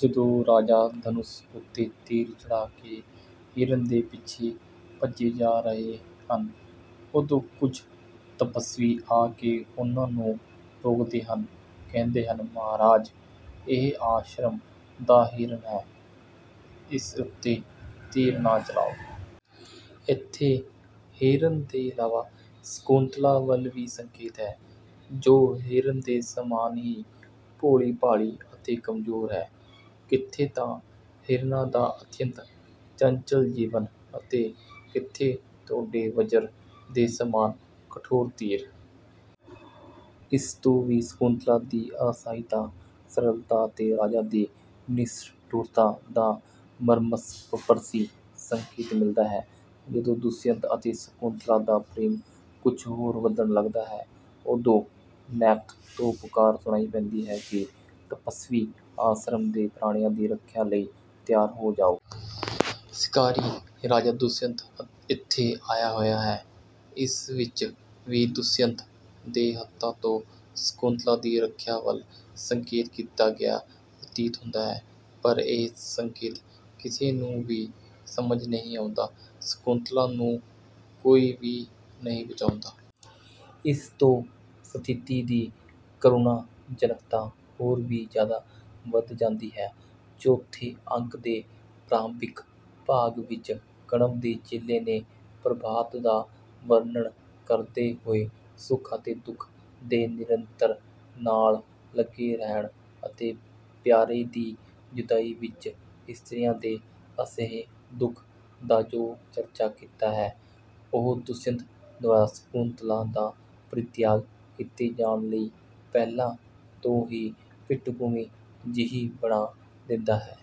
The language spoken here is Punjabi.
ਜਦੋਂ ਰਾਜਾ ਧਨੁਸ਼ ਉੱਤੇ ਤੀਰ ਚੜ੍ਹਾ ਕੇ ਹਿਰਨ ਦੇ ਪਿੱਛੇ ਭੱਜੇ ਜਾ ਰਹੇ ਹਨ, ਉਦੋਂ ਕੁਝ ਤਪੱਸਵੀ ਆ ਕੇ ਉਨ੍ਹਾਂ ਨੂੰ ਰੋਕਦੇ ਹਨ। ਕਹਿੰਦੇ ਹਨ, “ਮਹਾਰਾਜ! ਇਹ ਆਸ਼ਰਮ ਦਾ ਹਿਰਨ ਹੈ, ਇਸ ਉੱਤੇ ਤੀਰ ਨਾ ਚਲਾਓ।” ਇੱਥੇ ਹਿਰਨ ਦੇ ਇਲਾਵਾ ਸ਼ਕੁੰਤਲਾ ਵੱਲ ਵੀ ਸੰਕੇਤ ਹੈ, ਜੋ ਹਿਰਨ ਦੇ ਸਮਾਨ ਹੀ ਭੋਲੀ-ਭਾਲੀ ਅਤੇ ਕਮਜ਼ੋਰ ਹੈ। “ਕਿੱਥੇ ਤਾਂ ਹਿਰਨਾਂ ਦਾ ਅਤਿਅੰਤ ਚੰਚਲ ਜੀਵਨ ਅਤੇ ਕਿੱਥੇ ਤੁਹਾਡੇ ਵਜਰ ਦੇ ਸਮਾਨ ਕਠੋਰ ਤੀਰ!” ਇਸ ਤੋਂ ਵੀ ਸ਼ਕੁੰਤਲਾ ਦੀ ਅਸਹਾਇਤਾ, ਸਰਲਤਾ ਅਤੇ ਰਾਜਾ ਦੀ ਨਿਸ਼ਠੁਰਤਾ ਦਾ ਮਰਮਸਪਰਸ਼ੀ ਸੰਕੇਤ ਮਿਲਦਾ ਹੈ। ਜਦੋਂ ਦੁਸ਼ਿਅੰਤ ਅਤੇ ਸ਼ਕੁੰਤਲਾ ਦਾ ਪ੍ਰੇਮ ਕੁਝ ਹੋਰ ਵਧਣ ਲੱਗਦਾ ਹੈ, ਉਦੋਂ ਨੇਪਥ ਤੋਂ ਪੁਕਾਰ ਸੁਣਾਈ ਪੈਂਦੀ ਹੈ ਕਿ, “ਤਪੱਸਵੀਓ, ਆਸ਼ਰਮ ਦੇ ਪ੍ਰਾਣੀਆਂ ਦੀ ਰੱਖਿਆ ਲਈ ਤਿਆਰ ਹੋ ਜਾਓ। ਸ਼ਿਕਾਰੀ ਰਾਜਾ ਦੁਸ਼ਿਅੰਤ ਇੱਥੇ ਆਇਆ ਹੋਇਆ ਹੈ।” ਇਸ ਵਿੱਚ ਵੀ ਦੁਸ਼ਿਅੰਤ ਦੇ ਹੱਥਾਂ ਤੋਂ ਸ਼ਕੁੰਤਲਾ ਦੀ ਰੱਖਿਆ ਵੱਲ ਸੰਕੇਤ ਕੀਤਾ ਗਿਆ ਪ੍ਰਤੀਤ ਹੁੰਦਾ ਹੈ, ਪਰ ਇਹ ਸੰਕੇਤ ਕਿਸੇ ਨੂੰ ਵੀ ਸਮਝ ਨਹੀਂ ਆਉਂਦਾ; ਸ਼ਕੁੰਤਲਾ ਨੂੰ ਕੋਈ ਵੀ ਨਹੀਂ ਬਚਾਉਂਦਾ। ਇਸ ਤੋਂ ਸਥਿਤੀ ਦੀ ਕਰੁਣਾਜਨਕਤਾ ਹੋਰ ਵੀ ਜ਼ਿਆਦਾ ਵੱਧ ਜਾਂਦੀ ਹੈ। ਚੌਥੇ ਅੰਕ ਦੇ ਪ੍ਰਾਰੰਭਿਕ ਭਾਗ ਵਿੱਚ ਕਣਵ ਦੇ ਚੇਲੇ ਨੇ ਪ੍ਰਭਾਤ ਦਾ ਵਰਣਨ ਕਰਦੇ ਹੋਏ ਸੁਖ ਅਤੇ ਦੁੱਖ ਦੇ ਨਿਰੰਤਰ ਨਾਲ ਲੱਗੇ ਰਹਿਣ ਅਤੇ ਪਿਆਰੇ ਦੀ ਜੁਦਾਈ ਵਿੱਚ ਇਸਤਰੀਆਂ ਦੇ ਅਸਹਿ ਦੁੱਖ ਦਾ ਜੋ ਚਰਚਾ ਕੀਤਾ ਹੈ, ਉਹ ਦੁਸ਼ਿਅੰਤ ਦੁਆਰਾ ਸ਼ਕੁੰਤਲਾ ਦਾ ਪਰਿਤਿਆਗ ਕੀਤੇ ਜਾਣ ਲਈ ਪਹਿਲਾਂ ਤੋਂ ਹੀ ਪਿੱਠਭੂਮੀ ਜਿਹੀ ਬਣਾ ਦਿੰਦਾ ਹੈ।